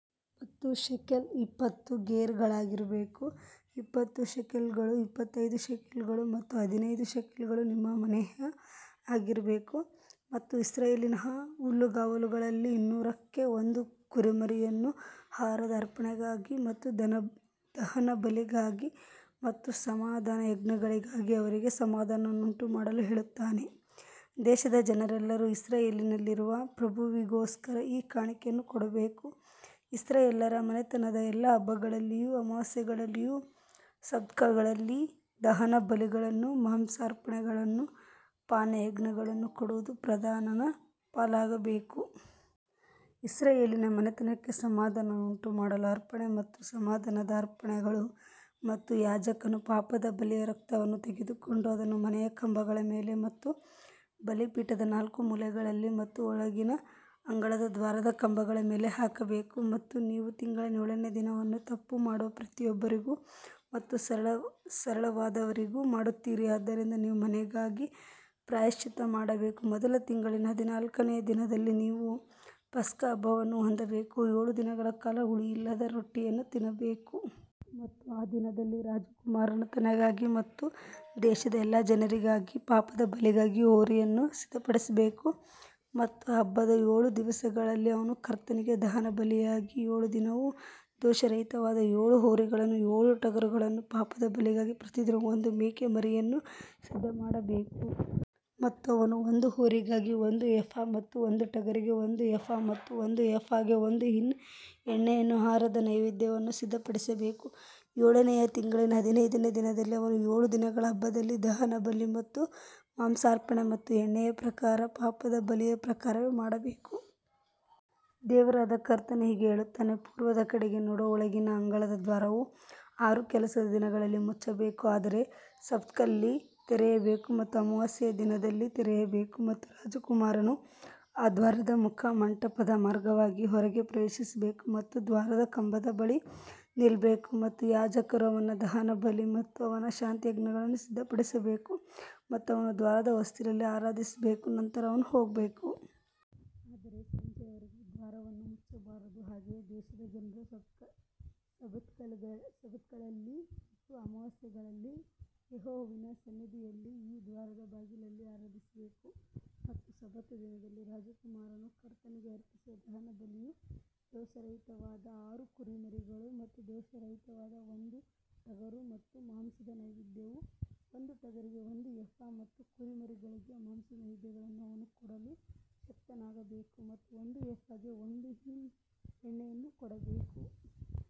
ಮತ್ತು ಶೆಕೆಲ್ ಇಪ್ಪತ್ತು ಗೇರಾಗಳಾಗಿರಬೇಕು, ಇಪ್ಪತ್ತು ಶೆಕೆಲ್ಗಳು, ಇಪ್ಪತ್ತೈದು ಶೆಕೆಲ್ಗಳು ಮತ್ತು ಹದಿನೈದು ಶೆಕೆಲ್ಗಳು ನಿಮ್ಮ ಮನೇಹ್ ಆಗಿರಬೇಕು. ಮತ್ತು ಇಸ್ರಾಯೇಲಿನ ಹುಲ್ಲುಗಾವಲುಗಳಲ್ಲಿ ಇನ್ನೂರಕ್ಕೆ ಒಂದು ಕುರಿಮರಿಯನ್ನು ಆಹಾರದ ಅರ್ಪಣೆಗಾಗಿ ಮತ್ತು ದಹನಬಲಿಗಾಗಿ ಮತ್ತು ಸಮಾಧಾನಯಜ್ಞಗಳಿಗಾಗಿ ಅವರಿಗೆ ಸಮಾಧಾನವನ್ನುಂಟುಮಾಡಲು ಹೇಳುತ್ತಾನೆ. ದೇಶದ ಜನರೆಲ್ಲರೂ ಇಸ್ರಾಯೇಲಿನಲ್ಲಿರುವ ಪ್ರಭುವಿಗೋಸ್ಕರ ಈ ಕಾಣಿಕೆಯನ್ನು ಕೊಡಬೇಕು ಇಸ್ರಾಯೇಲ್ಯರ ಮನೆತನದ ಎಲ್ಲಾ ಹಬ್ಬಗಳಲ್ಲಿಯೂ ಅಮಾವಾಸ್ಯೆಗಳಲ್ಲಿಯೂ ಸಬ್ಬತ್ಗಳಲ್ಲಿ ದಹನಬಲಿಗಳನ್ನೂ ಮಾಂಸಾರ್ಪಣೆಗಳನ್ನೂ ಪಾನಯಜ್ಞಗಳನ್ನೂ ಕೊಡುವುದು ಪ್ರಧಾನನ ಪಾಲಾಗಬೇಕು. ಇಸ್ರಾಯೇಲಿನ ಮನೆತನಕ್ಕೆ ಸಮಾಧಾನವನ್ನುಂಟುಮಾಡಲು ಅರ್ಪಣೆ ಮತ್ತು ಸಮಾಧಾನದ ಅರ್ಪಣೆಗಳು ಮತ್ತು ಯಾಜಕನು ಪಾಪದ ಬಲಿಯ ರಕ್ತವನ್ನು ತೆಗೆದುಕೊಂಡು ಅದನ್ನು ಮನೆಯ ಕಂಬಗಳ ಮೇಲೆ ಮತ್ತು ಬಲಿಪೀಠದ ನಾಲ್ಕು ಮೂಲೆಗಳಲ್ಲಿ ಮತ್ತು ಒಳಗಿನ ಅಂಗಳದ ದ್ವಾರದ ಕಂಬಗಳ ಮೇಲೆ ಹಾಕಬೇಕು. ಮತ್ತು ನೀವು ತಿಂಗಳ ಏಳನೇ ದಿನವನ್ನು ತಪ್ಪು ಮಾಡುವ ಪ್ರತಿಯೊಬ್ಬರಿಗೂ ಮತ್ತು ಸರಳವಾದವರಿಗೂ ಮಾಡುತ್ತೀರಿ ಆದ್ದರಿಂದ ನೀವು ಮನೆಗಾಗಿ ಪ್ರಾಯಶ್ಚಿತ್ತ ಮಾಡಬೇಕು ಮೊದಲ ತಿಂಗಳಿನ ಹದಿನಾಲ್ಕನೆಯ ದಿನದಲ್ಲಿ ನೀವು ಪಸ್ಕ ಹಬ್ಬವನ್ನು ಹೊಂದಬೇಕು, ಏಳು ದಿನಗಳ ಕಾಲ ಹುಳಿಯಿಲ್ಲದ ರೊಟ್ಟಿಯನ್ನು ತಿನ್ನಬೇಕು. ಮತ್ತು ಆ ದಿನದಲ್ಲಿ ರಾಜಕುಮಾರನು ತನಗಾಗಿ ಮತ್ತು ದೇಶದ ಎಲ್ಲಾ ಜನರಿಗಾಗಿ ಪಾಪದ ಬಲಿಗಾಗಿ ಹೋರಿಯನ್ನು ಸಿದ್ಧಪಡಿಸಬೇಕು ಮತ್ತು ಹಬ್ಬದ ಏಳು ದಿವಸಗಳಲ್ಲಿ ಅವನು ಕರ್ತನಿಗೆ ದಹನಬಲಿಯಾಗಿ ಏಳು ದಿನವೂ ದೋಷರಹಿತವಾದ ಏಳು ಹೋರಿಗಳನ್ನೂ ಏಳು ಟಗರುಗಳನ್ನೂ ಪಾಪದ ಬಲಿಗಾಗಿ ಪ್ರತಿದಿನವೂ ಒಂದು ಮೇಕೆ ಮರಿಯನ್ನೂ ಸಿದ್ಧಮಾಡಬೇಕು. ಮತ್ತು ಅವನು ಒಂದು ಹೋರಿಗಾಗಿ ಒಂದು ಏಫ ಮತ್ತು ಒಂದು ಟಗರಿಗೆ ಒಂದು ಏಫ ಮತ್ತು ಒಂದು ಎಫಾಗೆ ಒಂದು ಹಿನ್ ಎಣ್ಣೆಯನ್ನು ಆಹಾರದ ನೈವೇದ್ಯವನ್ನು ಸಿದ್ಧಪಡಿಸಬೇಕು. ಏಳನೆಯ ತಿಂಗಳಿನ ಹದಿನೈದನೆಯ ದಿನದಲ್ಲಿ ಅವನು ಏಳು ದಿನಗಳ ಹಬ್ಬದಲ್ಲಿ ದಹನಬಲಿ ಮತ್ತು ಮಾಂಸಾರ್ಪಣೆ ಮತ್ತು ಎಣ್ಣೆಯ ಪ್ರಕಾರ ಪಾಪದ ಬಲಿಯ ಪ್ರಕಾರ ಮಾಡಬೇಕು. ದೇವರಾದ ಕರ್ತನು ಹೀಗೆ ಹೇಳುತ್ತಾನೆ, ಪೂರ್ವದ ಕಡೆಗೆ ನೋಡುವ ಒಳಗಿನ ಅಂಗಳದ ದ್ವಾರವು ಆರು ಕೆಲಸದ ದಿನಗಳಲ್ಲಿ ಮುಚ್ಚಬೇಕು ಆದರೆ ಸಬ್ಬತ್ನಲ್ಲಿ ತೆರೆಯಬೇಕು ಮತ್ತು ಅಮಾವಾಸ್ಯೆಯ ದಿನದಲ್ಲಿ ತೆರೆಯಬೇಕು. ಮತ್ತು ರಾಜಕುಮಾರನು ಆ ದ್ವಾರದ ಮುಖಮಂಟಪದ ಮಾರ್ಗವಾಗಿ ಹೊರಗೆ ಪ್ರವೇಶಿಸಬೇಕು ಮತ್ತು ದ್ವಾರದ ಕಂಬದ ಬಳಿ ನಿಲ್ಲಬೇಕು ಮತ್ತು ಯಾಜಕರು ಅವನ ದಹನಬಲಿ ಮತ್ತು ಅವನ ಶಾಂತಿಯಜ್ಞಗಳನ್ನು ಸಿದ್ಧಪಡಿಸಬೇಕು ಮತ್ತು ಅವನು ದ್ವಾರದ ಹೊಸ್ತಿಲಲ್ಲಿ ಆರಾಧಿಸಬೇಕು ನಂತರ ಅವನು ಹೋಗಬೇಕು. ಆದರೆ ಸಂಜೆಯವರೆಗೆ ದ್ವಾರವನ್ನು ಮುಚ್ಚಬಾರದು ಹಾಗೆಯೇ ದೇಶದ ಜನರು ಸಬ್ಬತ್ಗಳಲ್ಲಿ ಮತ್ತು ಅಮಾವಾಸ್ಯೆಗಳಲ್ಲಿ ಯೆಹೋವನ ಸನ್ನಿಧಿಯಲ್ಲಿ ಈ ದ್ವಾರದ ಬಾಗಿಲಲ್ಲಿ ಆರಾಧಿಸಬೇಕು. ಮತ್ತು ಸಬ್ಬತ್ ದಿನದಲ್ಲಿ ರಾಜಕುಮಾರನು ಕರ್ತನಿಗೆ ಅರ್ಪಿಸುವ ದಹನಬಲಿಯು ದೋಷರಹಿತವಾದ ಆರು ಕುರಿಮರಿಗಳು ಮತ್ತು ದೋಷರಹಿತವಾದ ಒಂದು ಟಗರು ಮತ್ತು ಮಾಂಸದ ನೈವೇದ್ಯವು ಒಂದು ಟಗರಿಗೆ ಒಂದು ಎಫಾ ಮತ್ತು ಕುರಿಮರಿಗಳಿಗೆ ಮಾಂಸದ ನೈವೇದ್ಯವನ್ನು ಅವನು ಕೊಡಲು ಶಕ್ತನಾಗಬೇಕು ಮತ್ತು ಒಂದು ಎಫಾಗೆ ಒಂದು ಹಿನ್ ಎಣ್ಣೆಯನ್ನು ಕೊಡಬೇಕು.